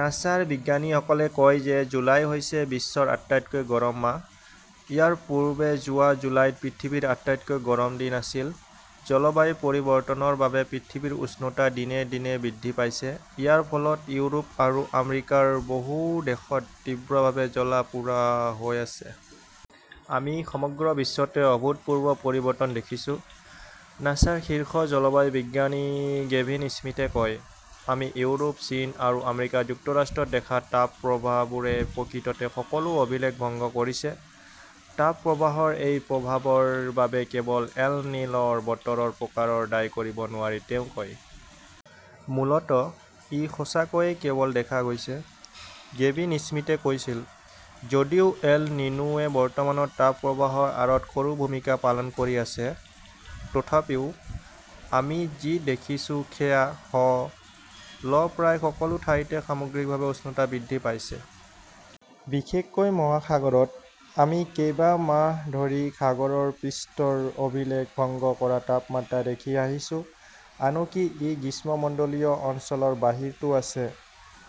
নাছাৰ বিজ্ঞানীসকলে কয় যে জুলাই হৈছে বিশ্বৰ আটাইতকৈ গৰম মাহ। ইয়াৰ পূৰ্বে যোৱা জুলাইত পৃথিৱীৰ আটাইতকৈ গৰম দিন আছিল। জলবায়ু পৰিৱৰ্তনৰ বাবে পৃথিৱীৰ উষ্ণতা দিনে দিনে বৃদ্ধি পাইছে। ইয়াৰ ফলত ইউৰোপ আৰু আমেৰিকাৰ বহু দেশত তীব্ৰভাৱে জ্বলা-পোৰা হৈ আছে। "আমি সমগ্ৰ বিশ্বতে অভূতপূৰ্ব পৰিৱৰ্তন দেখিছোঁ", নাছাৰ শীৰ্ষ জলবায়ু বিজ্ঞানী গেভিন স্মিথে কয়। আমি ইউৰোপ, চীন আৰু আমেৰিকা যুক্তৰাষ্ট্ৰত দেখা তাপপ্ৰবাহবোৰে প্ৰকৃততে সকলো অভিলেখ ভংগ কৰিছে। "তাপপ্ৰবাহৰ এই প্ৰভাৱৰ বাবে কেৱল এল নিন' ৰ বতৰৰ প্ৰকাৰক দায়ী কৰিব নোৱাৰি ", তেওঁ কয়। মূলতঃ ই সঁচাকৈয়ে কেৱল দেখা গৈছে। গেভিন স্মিথে কৈছিল, যদিও এল নিনোৱে বৰ্তমানৰ তাপপ্ৰবাহৰ আঁৰত সৰু ভূমিকা পালন কৰি আছে, তথাপিও আমি যি দেখিছোঁ সেয়া হ' ল-প্ৰায় সকলো ঠাইতে সামগ্ৰিকভাৱে উষ্ণতা বৃদ্ধি পাইছে। বিশেষকৈ মহাসাগৰত। আমি কেইবা মাহ ধৰি সাগৰৰ পৃষ্ঠৰ অভিলেখ ভংগ কৰা তাপমাত্ৰা দেখি আহিছো। আনকি ই গ্ৰীষ্মমণ্ডলীয় অঞ্চলৰ বাহিৰতো আছে।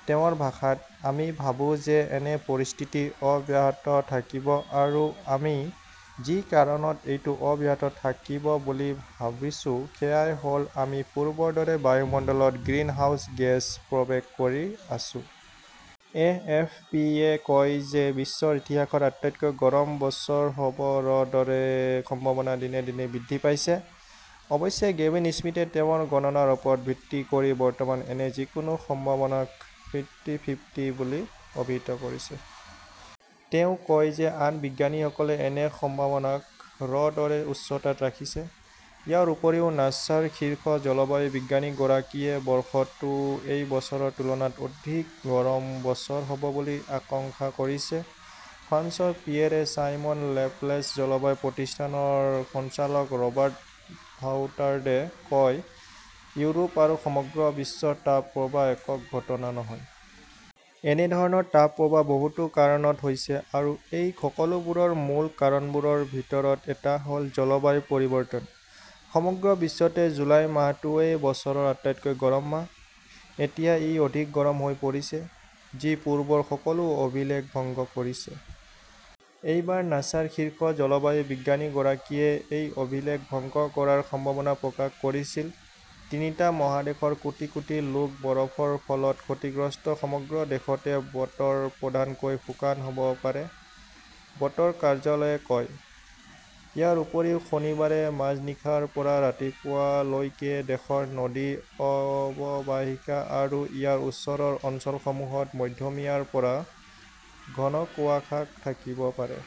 তেওঁৰ ভাষাত, আমি ভাবো যে এনে পৰিস্থিতি অব্যাহত থাকিব আৰু আমি যি কাৰণত এইটো অব্যাহত থাকিব বুলি ভাবিছোঁ সেয়াই হ'ল-আমি পূৰ্বৰ দৰে বায়ুমণ্ডলত গ্ৰিনহাউজ গেছ প্ৰৱেশ কৰি আছো। এ. এফ. পি. -য়ে কয় যে বিশ্বৰ ইতিহাসত আটাইতকৈ গৰম বছৰ হ'ব -ৰ দৰে সম্ভাৱনা দিনে দিনে বৃদ্ধি পাইছে। অৱশ্যে গেভিন স্মিথে তেওঁৰ গণনাৰ ওপৰত ভিত্তি কৰি বৰ্তমান এনে যিকোনো সম্ভাৱনাক "ফিফ্টি-ফিফ্টি" বুলি অভিহিত কৰিছে। তেওঁ কয় যে আন বিজ্ঞানীসকলে এনে সম্ভাৱনাক ৰ দৰে উচ্চতাত ৰাখিছে। ইয়াৰ উপৰিও, নাছাৰ শীৰ্ষ জলবায়ু বিজ্ঞানীগৰাকীয়ে বৰ্ষটো এই বছৰৰ তুলনাত অধিক গৰম বছৰ হ'ব বুলি আকংশা কৰিছে। ফ্ৰান্সৰ পিয়েৰে-চাইমন লেপলেছ জলবায়ু প্ৰতিষ্ঠানৰ সঞ্চালক ৰবাৰ্ট ভাউটাৰ্ডে কয়, ইউৰোপ আৰু সমগ্ৰ বিশ্বৰ তাপপ্ৰবাহ একক ঘটনা নহয়। এনে ধৰণৰ তাপ প্ৰবাহ বহুতো কাৰণত হৈছে আৰু এই সকলোবোৰৰ মূল কাৰণবোৰৰ ভিতৰত এটা হ 'ল জলবায়ু পৰিৱৰ্তন। সমগ্ৰ বিশ্বতে জুলাই মাহটোৱেই বছৰৰ আটাইতকৈ গৰম মাহ। এতিয়া ই অধিক গৰম হৈ পৰিছে। যি পূৰ্বৰ সকলো অভিলেখ ভংগ কৰিছে। এইবাৰ নাছাৰ শীৰ্ষ জলবায়ু বিজ্ঞানীগৰাকীয়ে এই অভিলেখ ভংগ কৰাৰ সম্ভাৱনা প্ৰকাশ কৰিছিল। তিনিটা মহাদেশৰ কোটি কোটি লোক বৰফৰ ফলত ক্ষতিগ্ৰস্ত সমগ্ৰ দেশতে বতৰ প্ৰধানকৈ শুকান হ'ব পাৰে, বতৰ কাৰ্যালয়ে কয়। ইয়াৰ উপৰিও শনিবাৰে মাজনিশাৰ পৰা ৰাতিপুৱা লৈকে দেশৰ নদী অৱবাহিকা আৰু ইয়াৰ ওচৰৰ অঞ্চলসমূহত মধ্যমীয়াৰ পৰা ঘন কুয়াশা থাকিব পাৰে।